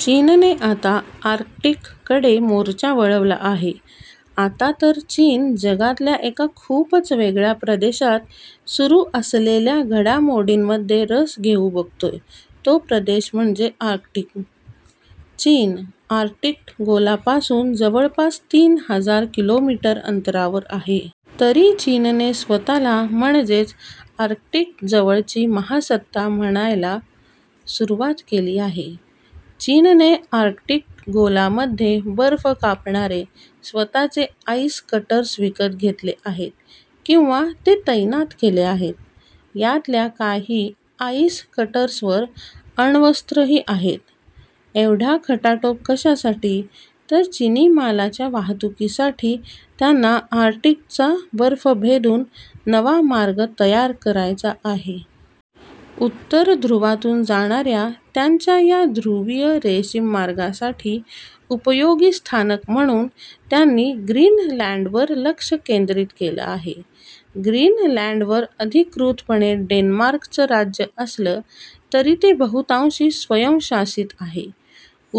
चीनने आता आर्क्टिककडे मोर्चा वळवला आहे. आता तर चीन जगातल्या एका खूपच वेगळ्या प्रदेशात सुरू असलेल्या घडामोडींमध्ये रस घेऊ बघतोय, तो प्रदेश म्हणजे आर्क्टिक. चीन आर्टिक्ट गोलापासून जवळपास तीन हजार किलोमीटर अंतरावर आहे. तरी चीनने स्वतःला म्हणजेच आर्क्टिकजवळची महासत्ता म्हणायला सुरुवात केली आहे. चीनने आर्क्टिक गोलामध्ये बर्फ कापणारे स्वतःचे आईस कटर्स विकत घेतले आहेत किंवा ते तैनात केले आहेत. यातल्या काही आईस कटर्सवर अण्वस्त्रही आहेत. एवढा खटाटोप कशासाठी तर चीनी मालाच्या वाहतुकीसाठी त्यांना आर्क्टिकचा बर्फ भेदून नवा मार्ग तयार करायचा आहे. उत्तर ध्रुवातून जाणाऱ्या त्यांच्या या ध्रुवीय रेशीम मार्गासाठी उपयोगी स्थानक म्हणून त्यांनी ग्रीनलँडवर लक्ष केंद्रित केलं आहे. ग्रीनलँडवर अधिकृतपणे डेन्मार्कचं राज्य असलं तरी ते बहुतांशी स्वयंशासित आहे.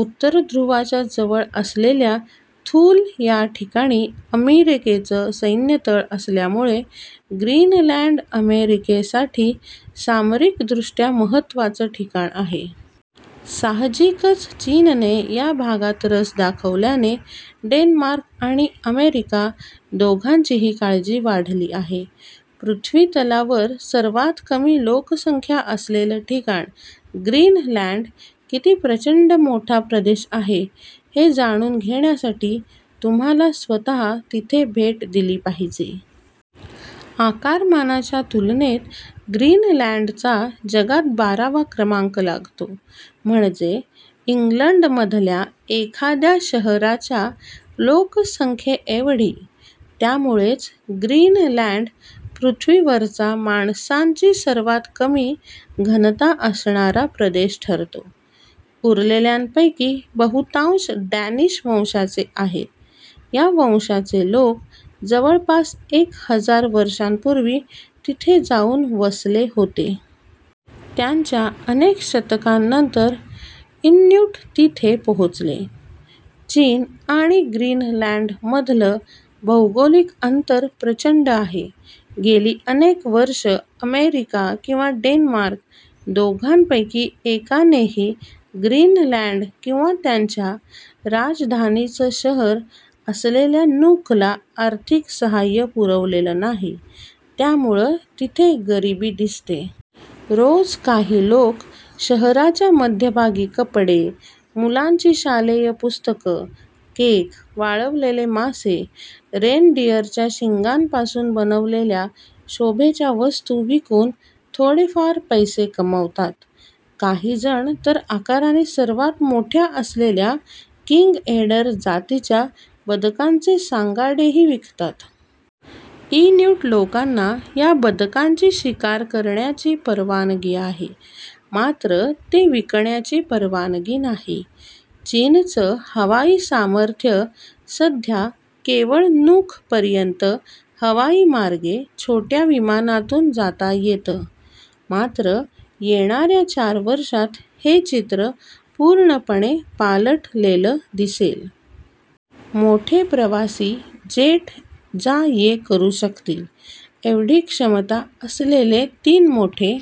उत्तर ध्रुवाच्या जवळ असलेल्या थूल या ठिकाणी अमेरिकेचं सैन्यतळ असल्यामुळे ग्रीनलँड अमेरिकेसाठी सामरिकदृष्ट्या महत्त्वाचं ठिकाण आहे. साहजिकच चीनने या भागात रस दाखवल्याने डेन्मार्क आणि अमेरिका दोघांचीही काळजी वाढली आहे. पृथ्वीतलावर सर्वात कमी लोकसंख्या असलेलं ठिकाण ग्रीनलँड किती प्रचंड मोठा प्रदेश आहे, हे जाणून घेण्यासाठी तुम्हाला स्वतः तिथे भेट दिली पाहिजे. आकारमानाच्या तुलनेत ग्रीनलँडचा जगात बारावा क्रमांक लागतो. म्हणजे इंग्लंडमधल्या एखाद्या शहराच्या लोकसंख्येएवढी. त्यामुळेच ग्रीनलँड पृथ्वीवरचा माणसांची सर्वात कमी घनता असणारा प्रदेश ठरतो. उरलेल्यांपैकी बहुतांश डॅनिश वंशाचे आहेत. या वंशाचे लोक जवळपास एक हजार वर्षांपूर्वी तिथे जाऊन वसले होते. त्यांच्या अनेक शतकांनंतर इन्यूट तिथे पोहोचले. चीन आणि ग्रीनलँडमधलं भौगोलिक अंतर प्रचंड आहे. गेली अनेक वर्ष अमेरिका किंवा डेन्मार्क दोघांपैकी एकानेही ग्रीनलँड किंवा त्यांच्या राजधानीचं शहर असलेल्या नूकला आर्थिक सहाय्य पुरवलेलं नाही. त्यामुळे तिथे गरिबी दिसते. रोज काही लोक शहराच्या मध्यभागी कपडे, मुलांची शालेय पुस्तकं, केक, वाळवलेले मासे, रेनडिअरच्या शिंगांपासून बनवलेल्या शोभेच्या वस्तू विकून थोडेफार पैसे कमवतात. काहीजण तर आकाराने सर्वात मोठ्या असलेल्या किंग एडर जातीच्या बदकांचे सांगाडेही विकतात. इन्यूट लोकांना या बदकांची शिकार करण्याची परवानगी आहे. मात्र ते विकण्याची परवानगी नाही. चीनचं हवाई सामर्थ्य सध्या केवळ नूकपर्यंत हवाईमार्गे छोट्या विमानांतून जाता येतं. मात्र येणाऱ्या चार वर्षांत हे चित्र पूर्णपणे पालटलेलं दिसेल. मोठे प्रवासी जेट जा ये करू शकतील, एवढी क्षमता असलेले तीन मोठे